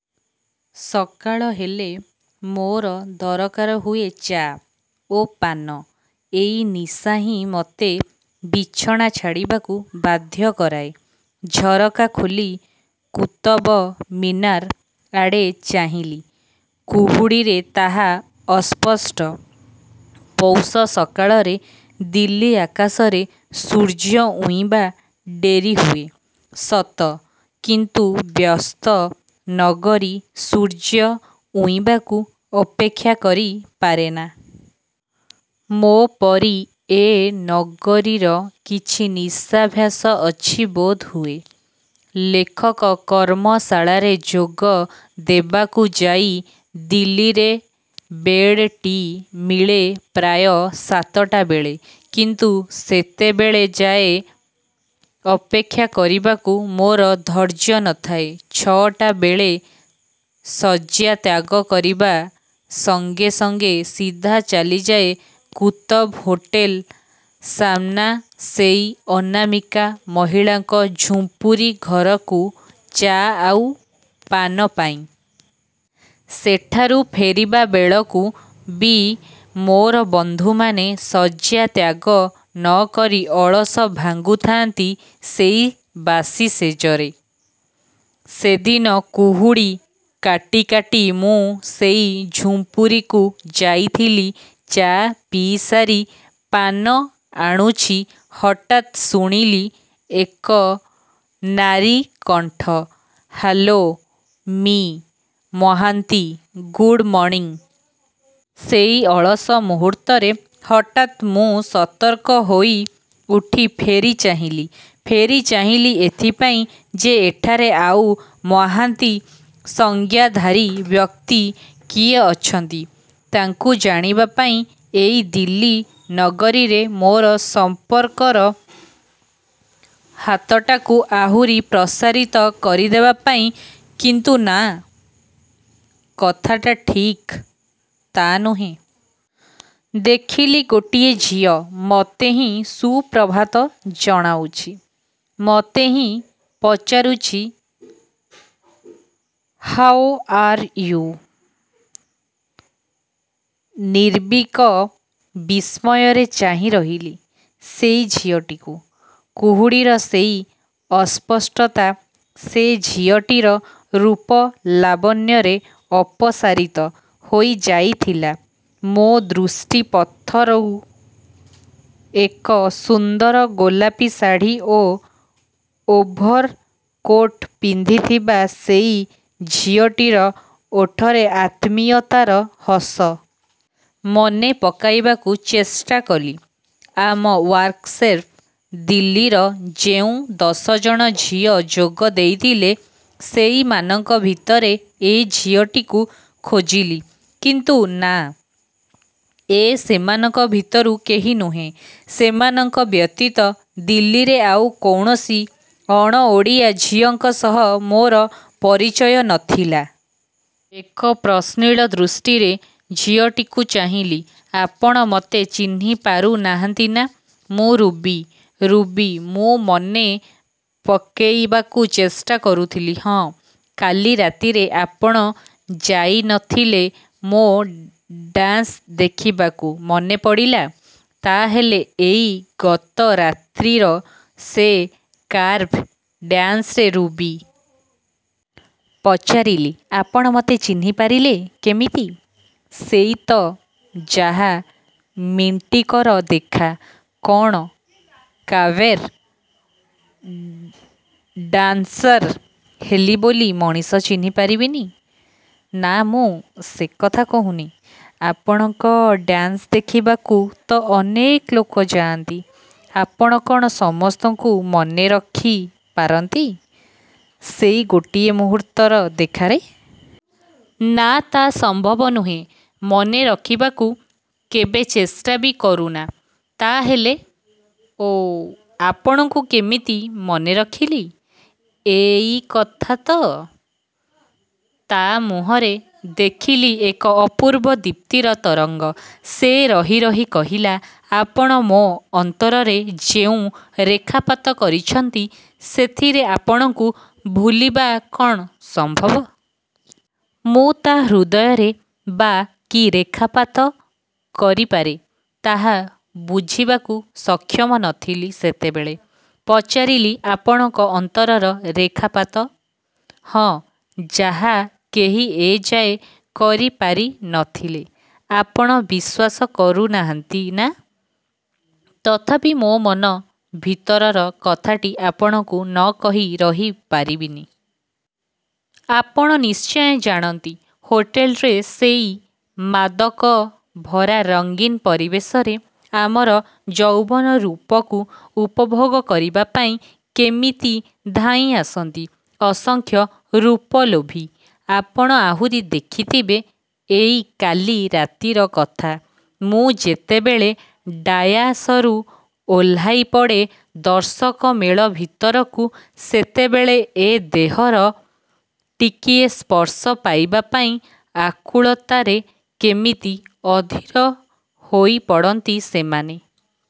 ସକାଳ ହେଲେ ମୋର ଦରକାର ହୁଏ ଚା' ଓ ପାନ। ଏଇ ନିଶା ହିଁ ମୋତେ ବିଛଣା ଛାଡ଼ିବାକୁ ବାଧ୍ୟ କରାଏ। ଝରକା ଖୋଲି କୁତବ ମିନାର ଆଡ଼େ ଚାହିଁଲି-କୁହୁଡ଼ିରେ ତାହା ଅସ୍ପଷ୍ଟ। ପୌଷ ସକାଳରେ ଦିଲ୍ଲୀ ଆକାଶରେ ସୂର୍ଯ୍ୟ ଉଇଁବା ଡେରି ହୁଏ; ସତ କିନ୍ତୁ ବ୍ୟସ୍ତ ନଗରୀ ସୂର୍ଯ୍ୟ ଉଇଁବାକୁ ଅପେକ୍ଷା କରି ପାରେନା। ମୋ' ପରି ଏ ନଗରୀର କିଛି ନିଶାଭ୍ୟାସ ଅଛି ବୋଧହୁଏ। ଲେଖକ କର୍ମଶାଳାରେ ଯୋଗ ଦେବାକୁ ଯାଇ ଦିଲ୍ଲୀରେ ବେଡ଼-ଟି ମିଳେ ପ୍ରାୟ ସାତଟା ବେଳେ। କିନ୍ତୁ ସେତେବେଳ ଯାଏ ଅପେକ୍ଷା କରିବାକୁ ମୋର ଧୈର୍ଯ୍ୟ ନ ଥାଏ। ଛଅଟା ବେଳେ ଶଯ୍ୟା ତ୍ୟାଗ କରିବା ସଙ୍ଗେ ସଙ୍ଗେ ସିଧା ଚାଲିଯାଏ କୁତବ ହୋଟେଲ ସାମ୍ନା ସେଇ ଅନାମିକା ମହିଳାଙ୍କ ଝୁମ୍ପୁରି ଘରକୁ ଚା' ଆଉ ପାନ ପାଇଁ। ସେଠାରୁ ଫେରିବା ବେଳକୁ ବି ମୋର ବନ୍ଧୁମାନେ ଶଯ୍ୟାତ୍ୟାଗ ନ କରି ଅଳସ ଭାଙ୍ଗୁଥାନ୍ତି ସେଇ ବାସି ଶେଯରେ। ସେଦିନ କୁହୁଡ଼ି କାଟି କାଟି ମୁଁ ସେଇ ଝୁମ୍ପୁରିକୁ ଯାଇଥିଲି ଚା' ପିଇସାରି ପାନ ଆଣୁଛି ହଠାତ୍ ଶୁଣିଲି ଏକ ନାରୀ କଣ୍ଠ- 'ହାଲୋ ମି: ମହାନ୍ତି-ଗୁଡ଼୍ ମର୍ଣ୍ଣିଂ। ' ସେଇ ଅଳସ ମୁହୂର୍ତ୍ତରେ ହଠାତ୍ ମୁଁ ସତର୍କ ହୋଇଉଠି ଫେରି ଚାହିଁଲି। ଫେରି ଚାହିଁଲି ଏଇଥିପାଇଁ ଯେ ଏଠାରେ ଆଉ ମହାନ୍ତି ସଂଜ୍ଞାଧାରୀ ବ୍ୟକ୍ତି କିଏ ଅଛନ୍ତି ତାଙ୍କୁ ଜାଣିବା ପାଇଁ-ଏଇ ଦିଲ୍ଲୀ ନଗରୀରେ ମୋର ସଂପର୍କର ହାତଟାକୁ ଆହୁରି ପ୍ରସାରିତ କରିଦେବା ପାଇଁ; କିନ୍ତୁ ନା, କଥାଟା ଠିକ୍ ତା' ନୁହେଁ। ଦେଖିଲି ଗୋଟିଏ ଝିଅ ମୋତେ ହିଁ ସୁପ୍ରଭାତ ଜଣାଉଛି। ମୋତେ ହିଁ ପଚାରୁଛି-ହାଓ ଆର ୟୁ। ନିର୍ବାକ ବିସ୍ମୟରେ ଚାହିଁ ରହିଲି ସେଇ ଝିଅଟିକୁ। କୁହୁଡ଼ିର ସେଇ ଅସ୍ପଷ୍ଚତା ସେ ଝିଅଟିର ରୂପ ଲାବଣ୍ୟରେ ଅପସାରିତ ହୋଇ ଯାଇଥିଲା ମୋ' ଦୃଷ୍ଟି ପଥରୁ। ଏକ ସୁନ୍ଦର ଗୋଲାପି ଶାଢ଼ୀ ଓ ଓଭରକୋଟ ପିନ୍ଧି ଥିବା ସେଇ ଝିଅଟିର ଓଠରେ ଆତ୍ମୀୟତାର ହସ। ମନେ ପକାଇବାକୁ ଚେଷ୍ଟା କଲି। ଆମ ୱାର୍କସପ୍ରେ ଦିଲ୍ଲୀର ଯେଉଁ ଦଶଜଣ ଝିଅ ଯୋଗ ଦେଇଥିଲେ ସେଇମାନଙ୍କ ଭିତରେ ଏ ଝିଅଟିକୁ ଖୋଜିଲି। କିନ୍ତୁ ନା, ଏ ସେମାନଙ୍କ ଭିତରୁ କେହି ନୁହେଁ। ସେମାନଙ୍କ ବ୍ୟତୀତ ଦିଲ୍ଲୀରେ ଆଉ କୌଣସି ଅଣ ଓଡ଼ିଆ ଝିଅଙ୍କ ସହ ମୋର ପରିଚୟ ନ ଥିଲା। ଏକ ପ୍ରଶ୍ନିଳ ଦୃଷ୍ଟିରେ ଝିଅଟିକୁ ଚାହିଁଲି। 'ଆପଣ ମୋତେ ଚିହ୍ନି ପାରୁନାହାନ୍ତି ନା? ମୁଁ ରୁବି'। ''ରୁବି " ମୁଁ ମନେ ପକେଇବାକୁ ଚେଷ୍ଟା କରୁଥିଲି। "ହଁ, କାଲି ରାତିରେ ଆପଣ ଯାଇ ନଥିଲେ ମୋ'। ଡାନ୍ସ ଦେଖିବାକୁ? " ମନେ ପଡ଼ିଲା। ତା'ହେଲେ ଏଇ ଗତ ରାତ୍ରୀର ସେ କାବ୍ରେ ଡାନ୍ସରେ ରୁବି। ପଚାରିଲି-ଆପଣ ମୋତେ ଚିହ୍ନିପାରିଲେ କେମିତି? ସେଇ ତ ଯାହା ମିନିଟିକର ଦେଖା "କ'ଣ କାବେର୍ ଡାନସ୍ର ହେଲି ବୋଲି ମଣିଷ ଚିହ୍ନି ପାରିବନି? " 'ନା, ମୁଁ ସେକଥା କହୁନି। ଆପଣଙ୍କ ଡାନସ୍ ଦେଖିବାକୁ ତ ଅନେକ ଲୋକ ଯାଆନ୍ତି। ଆପଣ କ'ଣ ସମସ୍ତଙ୍କୁ ମନେରଖିପାରନ୍ତି ସେଇ ଗୋଟିଏ ମୁହୂର୍ତ୍ତର ଦେଖାରେ? ' 'ନା, ତା' ସମ୍ଭବ ନୁହେଁ। ମନେରଖିବାକୁ କେବେ ଚେଷ୍ଟା ବି କରୁନା'। 'ତା'ହେଲେ '। 'ଓ ଆପଣଙ୍କୁ କେମିତି ମନେ ରଖିଲି, ଏଇ କଥା ତ? ' ତା' ମୁହଁରେ ଦେଖିଲି ଏକ ଅପୂର୍ବ ଦୀପ୍ତିର ତରଙ୍ଗ ସେ ରହି ରହି କହିଲା-ଆପଣ ମୋ' ଅନ୍ତରରେ ଯେଉଁ ରେଖାପାତ କରିଛନ୍ତି ସେଥିରେ ଆପଣଙ୍କୁ ଭୁଲିବା କ'ଣ ସମ୍ଭବ? ମୁଁ ତା' ହୃଦୟରେ ବା କି ରେଖାପାତ କରିପାରେ ତାହା ବୁଝିବାକୁ ସକ୍ଷମ ନଥିଲି ସେତେବେଳେ। ପଚାରିଲି-ଆପଣଙ୍କ ଅନ୍ତରର ରେଖାପାତ? ହିଁ ଯାହା କେହି ଏ ଯାଏ କରିପାରି ନଥିଲେ ଆପଣ ବିଶ୍ଵାସ କରୁନାହାନ୍ତି ନା? ତଥାପି ମୋ' ମନ ଭିତରର କଥାଟି ଆପଣଙ୍କୁ ନ କହି ରହି ପାରିବିନି ଆପଣ ନିଶ୍ଚୟ ଜାଣନ୍ତି ହୋଟେଲ୍ର ସେଇ ମାଦକଭରା ରଙ୍ଗୀନ ପରିବେଶରେ ଆମର ଯୌବନ, ରୂପକୁ ଉପଭୋଗ କରିବା ପାଇଁ କେମିତି ଧାଇଁ ଆସନ୍ତି ଅସଂଖ୍ୟ ରୂପଲୋଭୀ ଆପଣ ଆହୁରି ଦେଖିଥିବେ ଏଇ କାଲି ରାତିର କଥା-ମୁଁ ଯେତେବେଳେ ଡାୟାସରୁ ଓହ୍ଲାଇ ପଡ଼େ ଦର୍ଶକ ମେଳ ଭିତରକୁ ସେତେବେଳେ ଏ ଦେହର ଟିକିଏ ସ୍ପର୍ଶ ପାଇବା ପାଇଁ ଆକୁଳତାରେ କେମିତି ଅଧୀର ହୋଇପଡ଼ନ୍ତି ସେମାନେ.